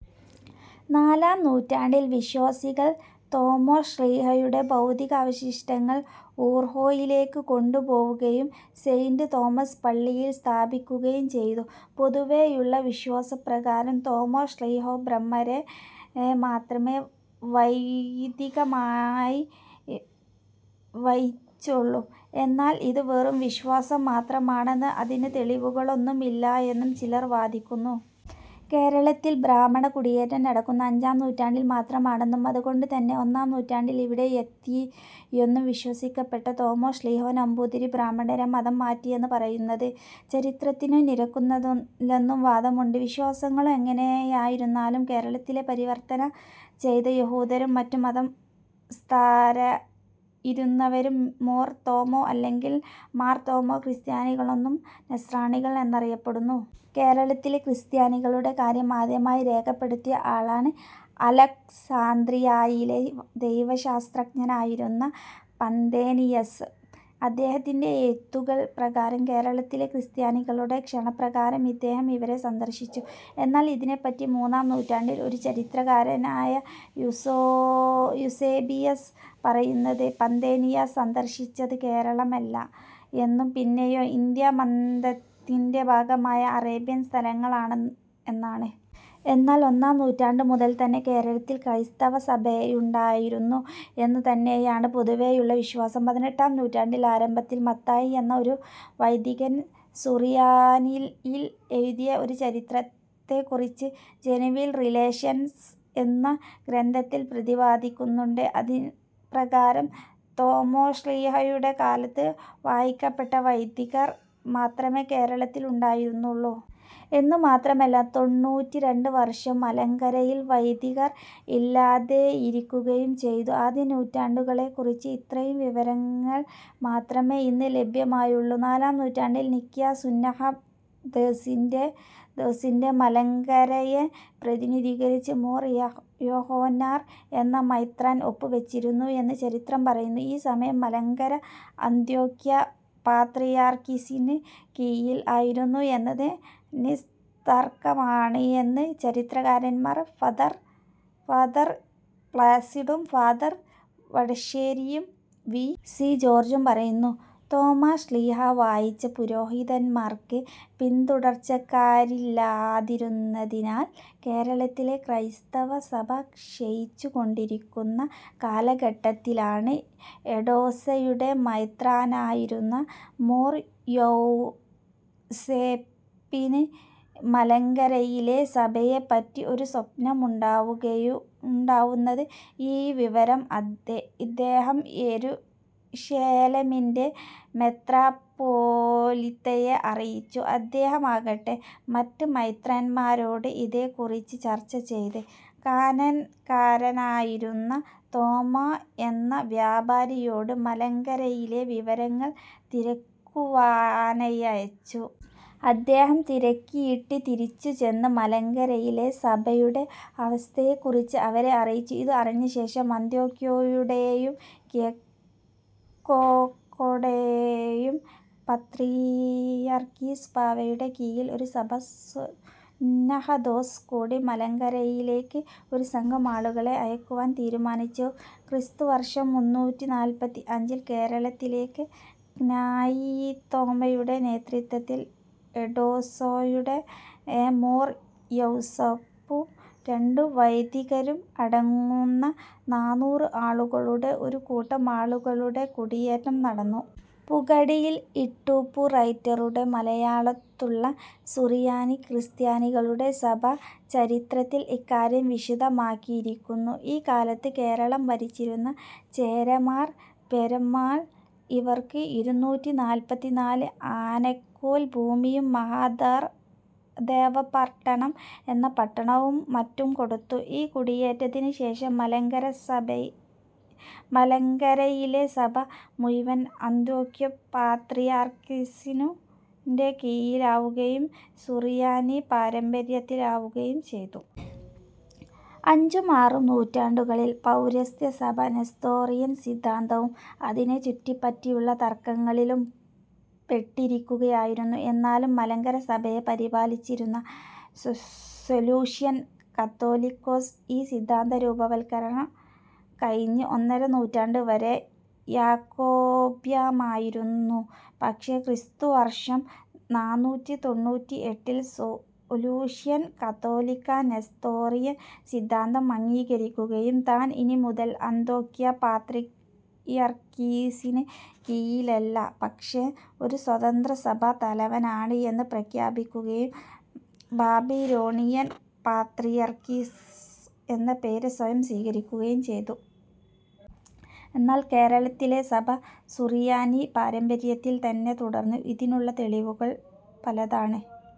നാലാം നൂറ്റാണ്ടിൽ വിശ്വാസികൾ തോമാ ശ്ലീഹായുടെ ഭൗതിക അവശിഷ്ടങ്ങൾ ഉർഹോയിലേക്ക് കൊണ്ടുപോവുകയും സെയ്ൻ്റ് തോമസ് പള്ളിയിൽ സ്ഥാപിക്കുകയും ചെയ്തു. പൊതുവേയുള്ള വിശ്വാസപ്രകാരം തോമാ ശ്ലീഹാ ബ്രാഹ്മണരെ മാത്രമെ വൈദികരായി വാഴിച്ചുള്ളു, എന്നാൽ ഇത് വെറും വിശ്വാസം മാത്രമാണെന്നും അതിന് തെളിവുകളൊന്നും ഇല്ല എന്നും ചിലർ വാദിക്കുന്നു. കേരളത്തിൽ ബ്രാഹ്മണകുടിയേറ്റം നടക്കുന്നത് അഞ്ചാംനൂറ്റാണ്ടിൽ മാത്രമാണെന്നും അതുകൊണ്ടുതന്നെ ഒന്നാംനൂറ്റാണ്ടിൽ ഇവിടെയെത്തിയെന്നു വിശ്വസിക്കപ്പെടുന്ന തോമാശ്ലീഹ നമ്പൂതിരി ബ്രാഹ്മണരെ മതംമാറ്റിയെന്ന് പറയുന്നത് ചരിത്രത്തിനു നിരക്കുന്നതല്ലെന്നും വാദമുണ്ട്. വിശ്വാസങ്ങൾ എങ്ങനെയായിരുന്നാലും കേരളത്തിലെ പരിവർത്തനം ചെയ്ത യഹൂദരും മറ്റ് മതസ്ഥരായിരുന്നവരും മോർ തോമാ അല്ലെങ്കിൽ മാർ തോമാ ക്രിസ്ത്യാനികളെന്നും നസ്രാണികൾ എന്നും അറിയപ്പെട്ടിരുന്നു. കേരളത്തിലെ ക്രിസ്ത്യാനികളുടെ കാര്യം ആദ്യമായി രേഖപ്പെടുത്തിയ ആളാണ് അലക്സന്ത്രിയായിലെ ദൈവശാസ്ത്രജ്ഞനായിരുന്ന പന്തേനിയസ്. അദ്ദേഹത്തിൻ്റെ എഴുത്തുകൾ പ്രകാരം കേരളത്തിലെ ക്രിസ്ത്യാനികളുടെ ക്ഷണപ്രകാരം ഇദ്ദേഹം ഇവരെ സന്ദർശിച്ചു. എന്നാൽ ഇതിനേപ്പറ്റി മൂന്നാം നൂറ്റാണ്ടിലെ ഒരു ചരിത്രകാരനായ യൂസേബിയസ് പറയുന്നത് പന്തേനിയസ് സന്ദർശിച്ചത് കേരളമല്ല എന്നും പിന്നെയോ ഇന്ത്യാ മഗ്നത്തിൻ്റെ ഭാഗമായ അറേബ്യൻ സ്ഥലങ്ങൾ ആണ് എന്നാണ്. എങ്കിലും ഒന്നാം നൂറ്റാണ്ടു മുതൽ തന്നെ കേരളത്തിൽ ക്രൈസ്തവസഭയുണ്ടായിരുന്നു എന്ന് തന്നെയാണ് പൊതുവേയുള്ള വിശ്വാസം. പതിനെട്ടാം നൂറ്റാണ്ടിൻ്റെ ആരംഭത്തിൽ മത്തായി എന്ന ഒരു വൈദികൻ സുറിയാനിയിൽ എഴുതിയ ഒരു ചരിത്രത്തെക്കുറിച്ച് "ജെനുവിൻ റിലേഷൻസ്" എന്ന ഗ്രന്ഥത്തിൽ പ്രതിപാദിക്കുന്നുണ്ട്. അതിൻപ്രകാരം തോമ്മാശ്ലീഹായുടെ കാലത്ത് വാഴിക്കപ്പെട്ട വൈദികർ മാത്രമേ കേരളത്തിൽ ഉണ്ടായിരുന്നുള്ളൂ. എന്നുമാത്രമല്ല തൊണ്ണൂറ്റിരണ്ട് വർഷം മലങ്കരയിൽ വൈദികർ ഇല്ലാതെയിരിക്കുകയും ചെയ്തു. ആദ്യ നൂറ്റാണ്ടുകളേക്കുറിച്ച് ഇത്രയും വിവരങ്ങൾ മാത്രമെ ഇന്ന് ലഭ്യമായുള്ളു. നാലാം നൂറ്റാണ്ടിൽ നിഖ്യാ സുന്നഹദോസിൽ മലങ്കരയെ പ്രതിനിധീകരിച്ച് മോർ യോഹന്നാൻ എന്ന മെത്രാൻ ഒപ്പ് വച്ചിരുന്നു എന്ന് ചരിത്രം പറയുന്നു. ഈ സമയം മലങ്കര അന്ത്യോക്യ പാത്രിയാർക്കീസിൻ്റെ കീഴിൽ ആയിരുന്നു എന്നത് നിസ്തർക്കമാണ് എന്ന് ചരിത്രകാരന്മാരായ ഫാദർ പ്ലാസിഡും, ഫാദർ വടശേരിയും വി. സി. ജോർജ്ജും പറയുന്നു. തോമാശ്ലീഹാ വാഴിച്ച പുരോഹിതന്മാർക്ക് പിന്തുടർച്ചക്കാരില്ലാതിരുന്നതിനാൽ കേരളത്തിലെ ക്രൈസ്തവ സഭ ക്ഷയിച്ചുകൊണ്ടിരിക്കുന്ന കാലഘട്ടത്തിലാണ് എഡേസയുടെ മെത്രാനായിരുന്ന മോർ യൗസേപ്പിന് മലങ്കരയിലെ സഭയെപ്പറ്റി ഒരു സ്വപ്നം ഉണ്ടാവുന്നത്. ഈ വിവരം ഇദ്ദേഹം യെരുശലേമിൻ്റെ മെത്രാപ്പൊലീത്തയെ അറിയിച്ചു. അദ്ദേഹമാകട്ടെ മറ്റ് മെത്രാന്മാരോട് ഇതേക്കുറിച്ച് ചർച്ച ചെയ്ത് കനാൻകാരനായിരുന്ന തോമ എന്ന വ്യാപാരിയോട് മലങ്കരയിലെ വിവരങ്ങൾ തിരക്കുവാനയച്ചു. ഇദ്ദേഹം തിരക്കിയിട്ട് തിരിച്ച് ചെന്ന് മലങ്കരയിലെ സഭയുടെ അവസ്ഥയെക്കുറിച്ച് അവരെ അറിയിച്ചു. ഇത് അറിഞ്ഞ ശേഷം അന്ത്യോക്യായുടേയും കിഴക്കൊക്കെയുടേയും പാത്രിയർക്കീസ് ബാവയുടെ കീഴിൽ ഒരു സഭാ സുന്നഹദോസ് കൂടി, മലങ്കരയിലേക്ക് ഒരു സംഘം ആളുകളെ അയക്കുവാൻ തീരുമാനിച്ചു. ക്രിസ്തു വർഷം മുന്നൂറ്റിനാല്പത്തിഅഞ്ചിൽ കേരളത്തിലേക്ക് ക്നായിത്തോമയുടെ നേതൃത്വത്തിൽ എഡേസയുടെ മോർ യൗസേപ്പും രണ്ട് വൈദികരും അടങ്ങുന്ന നാനൂറ് ആളുകളുടെ ഒരു കൂട്ടം ആളുകളുടെ കുടിയേറ്റം നടന്നു. പുകടിയിൽ ഇട്ടൂപ്പ് റൈറ്ററുടെ മലയാളത്തുള്ള സുറിയാനി ക്രിസ്ത്യാനികളുടെ സഭാ ചരിത്രത്തിൽ ഇക്കാര്യം വിശദമാക്കിയിരിക്കുന്നു. ഈ കാലത്ത് കേരളം ഭരിച്ചിരുന്ന ചേരമാൻ പെരുമാൾ ഇവർക്ക് ഇരുന്നൂറ്റിനാല്പത്തിനാല് ആനക്കോൽ ഭൂമിയും മഹാദേവർപട്ടണം എന്ന പട്ടണവും മറ്റും കൊടുത്തു. ഈ കുടിയേറ്റത്തിന് ശേഷം മലങ്കരയിലെ സഭ മുഴുവൻ അന്ത്യോക്യ പാത്രിയാർക്കിസിൻ്റെ കീഴിലാവുകയും സുറിയാനി പാരമ്പര്യംത്തിലാവുകയും ചെയ്തു. അഞ്ചും ആറും നൂറ്റാണ്ടുകളിൽ പൗരസ്ത്യ സഭ നെസ്തോറിയൻ സിദ്ധാന്തവും അതിനെ ചുറ്റിപ്പറ്റിയുള്ള തർക്കങ്ങളിലും പെട്ടിരിക്കുകയായിരുന്നു. എന്നാലും മലങ്കര സഭയെ പരിപാലിച്ചിരുന്ന സെലൂഷ്യൻ കാതോലിക്കോസ് ഈ സിദ്ധാന്ത രൂപവത്കരണം കഴിഞ്ഞ് ഒന്നര നൂറ്റാണ്ട് വരെ യാക്കോബ്യമായിരുന്നു. പക്ഷെ ക്രിസ്തു വർഷം നാനൂറ്റിതൊണ്ണൂറ്റിഎട്ടിൽ സെലൂഷ്യൻ കതോലിക്ക നെസ്തോറിയൻ സിദ്ധാന്തം അംഗീകരിക്കുകയും താൻ ഇനി മുതൽ അന്ത്യോക്യ പാത്രിയർക്കീസിന് കീഴിലല്ല, പക്ഷെ ഒരു സ്വതന്ത്ര സഭാ തലവനാണ് എന്നു പ്രഖ്യാപിക്കുകയും ബാബിലോണിയൻ പാത്രിയർക്കീസ് എന്ന പേര് സ്വയം സ്വീകരിക്കുകയും ചെയ്തു. എന്നാൽ കേരളത്തിലെ സഭ സുറിയാനി പാരമ്പര്യത്തിൽ തന്നെ തുടർന്നു. ഇതിനുള്ള തെളിവുകൾ പലതാണ്.